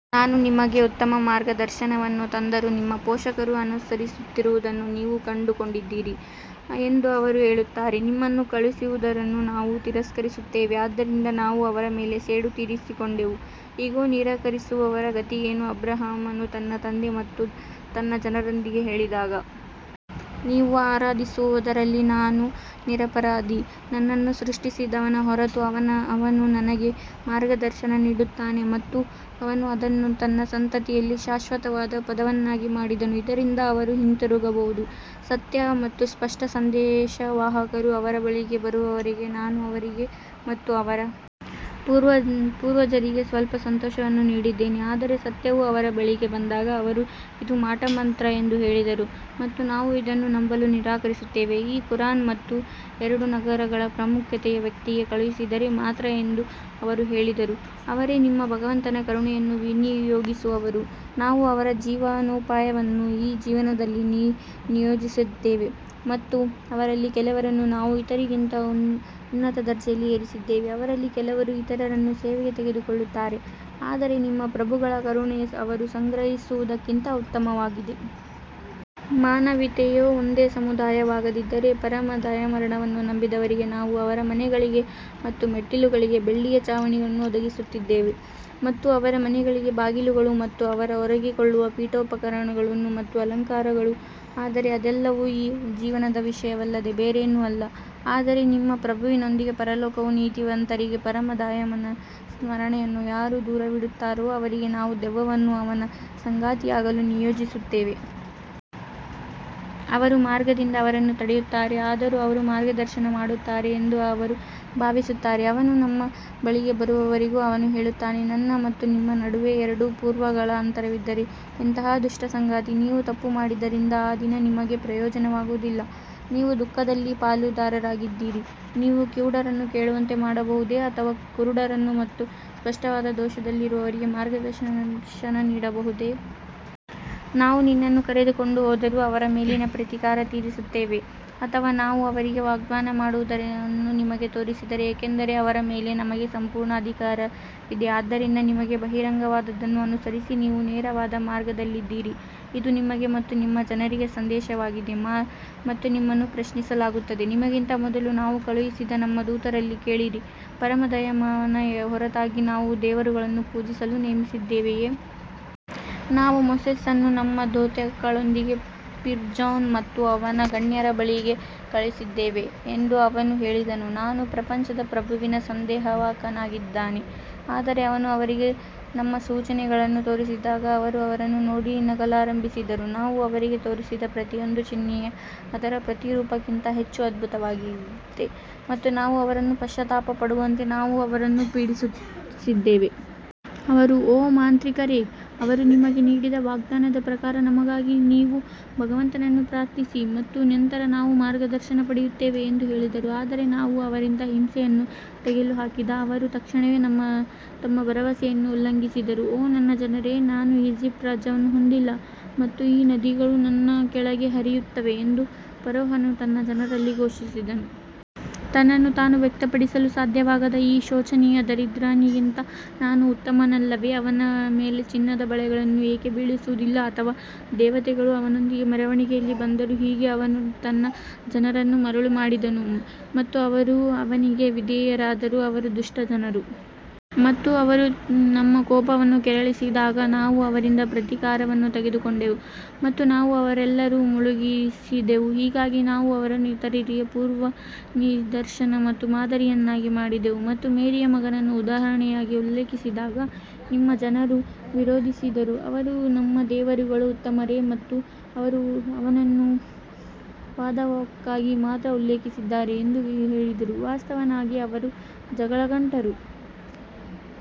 ನಾನು ನಿಮಗೆ ಉತ್ತಮ ಮಾರ್ಗದರ್ಶನವನ್ನು ತಂದರೂ, ನಿಮ್ಮ ಪೋಷಕರು ಅನುಸರಿಸುತ್ತಿರುವುದನ್ನು ನೀವು ಕಂಡುಕೊಂಡಿದ್ದೀರಿ ಎಂದು ಅವರು ಹೇಳುತ್ತಾರೆ, ನಿಮ್ಮನ್ನು ಕಳುಹಿಸಿರುವುದನ್ನು ನಾವು ತಿರಸ್ಕರಿಸುತ್ತೇವೆ. ಆದ್ದರಿಂದ ನಾವು ಅವರ ಮೇಲೆ ಸೇಡು ತೀರಿಸಿಕೊಂಡೆವು, ಇಗೋ, ನಿರಾಕರಿಸುವವರ ಗತಿಯೇನು ಅಬ್ರಹಾಮನು ತನ್ನ ತಂದೆ ಮತ್ತು ತನ್ನ ಜನರೊಂದಿಗೆ ಹೇಳಿದಾಗ ನೀವು ಆರಾಧಿಸುವುದರಲ್ಲಿ ನಾನು ನಿರಪರಾಧಿ ನನ್ನನ್ನು ಸೃಷ್ಟಿಸಿದವನ ಹೊರತು ಅವನು ನನಗೆ ಮಾರ್ಗದರ್ಶನ ನೀಡುತ್ತಾನೆ ಮತ್ತು ಅವನು ಅದನ್ನು ತನ್ನ ಸಂತತಿಯಲ್ಲಿ ಶಾಶ್ವತವಾದ ಪದವನ್ನಾಗಿ ಮಾಡಿದನು ಇದರಿಂದ ಅವರು ಹಿಂತಿರುಗಬಹುದು ಸತ್ಯ ಮತ್ತು ಸ್ಪಷ್ಟ ಸಂದೇಶವಾಹಕರು ಅವರ ಬಳಿಗೆ ಬರುವವರೆಗೆ ನಾನು ಅವರಿಗೆ ಮತ್ತು ಅವರ ಪೂರ್ವಜರಿಗೆ ಸ್ವಲ್ಪ ಸಂತೋಷವನ್ನು ನೀಡಿದ್ದೇನೆ ಆದರೆ ಸತ್ಯವು ಅವರ ಬಳಿಗೆ ಬಂದಾಗ ಅವರು ಇದು ಮಾಟಮಂತ್ರ ಎಂದು ಹೇಳಿದರು ಮತ್ತು ನಾವು ಇದನ್ನು ನಂಬಲು ನಿರಾಕರಿಸುತ್ತೇವೆ ಈ ಕುರಾನ್ ಅನ್ನು ಎರಡು ನಗರಗಳ ಪ್ರಾಮುಖ್ಯತೆಯ ವ್ಯಕ್ತಿಗೆ ಕಳುಹಿಸಿದರೆ ಮಾತ್ರ ಎಂದು ಅವರು ಹೇಳಿದರು ಅವರೇ ನಿಮ್ಮ ಭಗವಂತನ ಕರುಣೆಯನ್ನು ವಿನಿಯೋಗಿಸುವವರು ನಾವು ಅವರ ಜೀವನೋಪಾಯವನ್ನು ಈ ಜೀವನದಲ್ಲಿ ನಿಯೋಜಿಸಿದ್ದೇವೆ ಮತ್ತು ಅವರಲ್ಲಿ ಕೆಲವರನ್ನು ನಾವು ಇತರರಿಗಿಂತ ಉನ್ನತ ದರ್ಜೆಯಲ್ಲಿ ಏರಿಸಿದ್ದೇವೆ, ಅವರಲ್ಲಿ ಕೆಲವರು ಇತರರನ್ನು ಸೇವೆಗೆ ತೆಗೆದುಕೊಳ್ಳುತ್ತಾರೆ ಆದರೆ ನಿಮ್ಮ ಪ್ರಭುಗಳ ಕರುಣೆ ಅವರು ಸಂಗ್ರಹಿಸುವುದಕ್ಕಿಂತ ಉತ್ತಮವಾಗಿದೆ. ಮಾನವೀಯತೆಯು ಒಂದೇ ಸಮುದಾಯವಾಗದಿದ್ದರೆ, ಪರಮ ದಯಾಮರಣವನ್ನು ನಂಬದವರಿಗೆ ನಾವು ಅವರ ಮನೆಗಳಿಗೆ ಮತ್ತು ಮೆಟ್ಟಿಲುಗಳಿಗೆ ಬೆಳ್ಳಿಯ ಛಾವಣಿಗಳನ್ನು ಒದಗಿಸುತ್ತಿದ್ದೆವು. ಮತ್ತು ಅವರ ಮನೆಗಳಿಗೆ ಬಾಗಿಲುಗಳು ಮತ್ತು ಅವರು ಒರಗಿಕೊಳ್ಳುವ ಪೀಠೋಪಕರಣಗಳು ಮತ್ತು ಅಲಂಕಾರಗಳು ಆದರೆ ಅದೆಲ್ಲವೂ ಈ ಜೀವನದ ವಿಷಯವಲ್ಲದೆ ಬೇರೇನೂ ಅಲ್ಲ ಆದರೆ ನಿಮ್ಮ ಪ್ರಭುವಿನೊಂದಿಗೆ ಪರಲೋಕವು ನೀತಿವಂತರಿಗೆ ಪರಮ ದಯಾಮಯನ ಸ್ಮರಣೆಯನ್ನು ಯಾರು ದೂರವಿಡುತ್ತಾರೋ ಅವರಿಗೆ ನಾವು ದೆವ್ವವನ್ನು ಅವನ ಸಂಗಾತಿಯಾಗಲು ನಿಯೋಜಿಸುತ್ತೇವೆ. ಅವರು ಮಾರ್ಗದಿಂದ ಅವರನ್ನು ತಡೆಯುತ್ತಾರೆ, ಆದರೂ ಅವರು ಮಾರ್ಗದರ್ಶನ ಮಾಡುತ್ತಾರೆ ಎಂದು ಅವರು ಭಾವಿಸುತ್ತಾರೆ ಅವನು ನಮ್ಮ ಬಳಿಗೆ ಬರುವವರೆಗೂ ಅವನು ಹೇಳುತ್ತಾನೆ ನನ್ನ ಮತ್ತು ನಿಮ್ಮ ನಡುವೆ ಎರಡು ಪೂರ್ವಗಳ ಅಂತರವಿದ್ದರೆ ಎಂತಹ ದುಷ್ಟ ಸಂಗಾತಿ ನೀವು ತಪ್ಪು ಮಾಡಿದ್ದರಿಂದ ಆ ದಿನ ನಿಮಗೆ ಪ್ರಯೋಜನವಾಗುವುದಿಲ್ಲ, ನೀವು ದುಃಖದಲ್ಲಿ ಪಾಲುದಾರರಾಗಿದ್ದೀರಿ ನೀವು ಕಿವುಡರನ್ನು ಕೇಳುವಂತೆ ಮಾಡಬಹುದೇ ಅಥವಾ ಕುರುಡರನ್ನು ಮತ್ತು ಸ್ಪಷ್ಟವಾದ ದೋಷದಲ್ಲಿರುವವರಿಗೆ ಮಾರ್ಗದರ್ಶನ ನೀಡಬಹುದೇ? ನಾವು ನಿನ್ನನ್ನು ಕರೆದುಕೊಂಡು ಹೋದರೂ ಅವರ ಮೇಲೆ ಪ್ರತೀಕಾರ ತೀರಿಸುತ್ತೇವೆ ಅಥವಾ ನಾವು ಅವರಿಗೆ ವಾಗ್ದಾನ ಮಾಡಿರುವುದನ್ನು ನಿಮಗೆ ತೋರಿಸಿರಿ ಏಕೆಂದರೆ ಅವರ ಮೇಲೆ ನಮಗೆ ಸಂಪೂರ್ಣ ಅಧಿಕಾರವಿದೆ ಆದ್ದರಿಂದ ನಿಮಗೆ ಬಹಿರಂಗವಾದದ್ದನ್ನು ಅನುಸರಿಸಿ, ನೀವು ನೇರವಾದ ಮಾರ್ಗದಲ್ಲಿದ್ದೀರಿ ಇದು ನಿಮಗೆ ಮತ್ತು ನಿಮ್ಮ ಜನರಿಗೆ ಸಂದೇಶವಾಗಿದೆ ಮತ್ತು ನಿಮ್ಮನ್ನು ಪ್ರಶ್ನಿಸಲಾಗುತ್ತದೆ ನಿಮಗಿಂತ ಮೊದಲು ನಾವು ಕಳುಹಿಸಿದ ನಮ್ಮ ದೂತರಲ್ಲಿ ಕೇಳಿರಿ, ಪರಮ ದಯಾಮಯನ ಹೊರತಾಗಿ ನಾವು ದೇವರುಗಳನ್ನು ಪೂಜಿಸಲು ನೇಮಿಸಿದ್ದೇವೆಯೇ? ನಾವು ಮೋಸೆಸ್ನನ್ನು ನಮ್ಮ ದ್ಯೋತಕಗಳೊಂದಿಗೆ ಫಿರ್ಔನ್ ಮತ್ತು ಅವನ ಗಣ್ಯರ ಬಳಿಗೆ ಕಳುಹಿಸಿದ್ದೇವೆ ಎಂದು ಅವನು ಹೇಳಿದನು, ನಾನು ಪ್ರಪಂಚದ ಪ್ರಭುವಿನ ಸಂದೇಶವಾಹಕನಾಗಿದ್ದೇನೆ. ಆದರೆ ಅವನು ಅವರಿಗೆ ನಮ್ಮ ಸೂಚನೆಗಳನ್ನು ತೋರಿಸಿದಾಗ ಅವರು ಅವರನ್ನು ನೋಡಿ ನಗಲಾರಂಭಿಸಿದರು ನಾವು ಅವರಿಗೆ ತೋರಿಸಿದ ಪ್ರತಿಯೊಂದು ಚಿಹ್ನೆಯು ಅದರ ಪ್ರತಿರೂಪಕ್ಕಿಂತ ಹೆಚ್ಚು ಅದ್ಭುತವಾಗಿದೆ ಮತ್ತು ನಾವು ಅವರನ್ನು ಪಶ್ಚಾತ್ತಾಪ ಪಡುವಂತೆ ನಾವು ಅವರನ್ನು ಪೀಡಿಸಿದ್ದೇವೆ. ಅವರು ಓ ಮಾಂತ್ರಿಕರೇ, ಅವರು ನಿಮಗೆ ನೀಡಿದ ವಾಗ್ದಾನದ ಪ್ರಕಾರ ನಮಗಾಗಿ ನಿಮ್ಮ ಭಗವಂತನನ್ನು ಪ್ರಾರ್ಥಿಸಿ ಮತ್ತು ನಂತರ ನಾವು ಮಾರ್ಗದರ್ಶನ ಪಡೆಯುತ್ತೇವೆ ಎಂದು ಹೇಳಿದರು. ಆದರೆ ನಾವು ಅವರಿಂದ ಹಿಂಸೆಯನ್ನು ತೆಗೆದುಹಾಕಿದಾಗ ಅವರು ತಕ್ಷಣವೇ ತಮ್ಮ ಭರವಸೆಯನ್ನು ಉಲ್ಲಂಘಿಸಿದರು ಓ ನನ್ನ ಜನರೇ ನಾನು ಈಜಿಪ್ಟ್ ರಾಜ್ಯವನ್ನು ಹೊಂದಿಲ್ಲ ಮತ್ತು ಈ ನದಿಗಳು ನನ್ನ ಕೆಳಗೆ ಹರಿಯುತ್ತವೆ ಎಂದು ಫರೋಹನು ತನ್ನ ಜನರಲ್ಲಿ ಘೋಷಿಸಿದನು. ತನ್ನನ್ನು ತಾನು ವ್ಯಕ್ತಪಡಿಸಲು ಸಾಧ್ಯವಾಗದ ಈ ಶೋಚನೀಯ ದರಿದ್ರನಿಗಿಂತ ನಾನು ಉತ್ತಮನಲ್ಲವೇ? ಅವನ ಮೇಲೆ ಚಿನ್ನದ ಬಳೆಗಳನ್ನು ಏಕೆ ಬೀಳಿಸುವುದಿಲ್ಲ ಅಥವಾ ದೇವತೆಗಳು ಅವನೊಂದಿಗೆ ಮೆರವಣಿಗೆಯಲ್ಲಿ ಬಂದರು ಹೀಗೆ ಅವನು ತನ್ನ ಜನರನ್ನು ಮರುಳು ಮಾಡಿದನು ಮತ್ತು ಅವರು ಅವನಿಗೆ ವಿಧೇಯರಾದರು ಅವರು ದುಷ್ಟ ಜನರು ಮತ್ತು ಅವರು ನಮ್ಮ ಕೋಪವನ್ನು ಕೆರಳಿಸಿದಾಗ ನಾವು ಅವರಿಂದ ಪ್ರತೀಕಾರವನ್ನು ತೆಗೆದುಕೊಂಡೆವು ಮತ್ತು ನಾವು ಅವರೆಲ್ಲರನ್ನು ಮುಳುಗಿಸಿದೆವು ಹೀಗಾಗಿ ನಾವು ಅವರನ್ನು ಇತರರಿಗೆ ಪೂರ್ವನಿದರ್ಶನ ಮತ್ತು ಮಾದರಿಯನ್ನಾಗಿ ಮಾಡಿದೆವು ಮತ್ತು ಮೇರಿಯ ಮಗನನ್ನು ಉದಾಹರಣೆಯಾಗಿ ಉಲ್ಲೇಖಿಸಿದಾಗ ನಿಮ್ಮ ಜನರು ವಿರೋಧಿಸಿದರು ಅವರು ನಮ್ಮ ದೇವರುಗಳು ಉತ್ತಮರೇ ಅಥವಾ ಅವರು ಅವನನ್ನು ವಾದಕ್ಕಾಗಿ ಮಾತ್ರ ಉಲ್ಲೇಖಿಸಿದ್ದಾರೆ ಎಂದು ಹೇಳಿದರು, ವಾಸ್ತವವಾಗಿ ಅವರು ಜಗಳಗಂಟರು.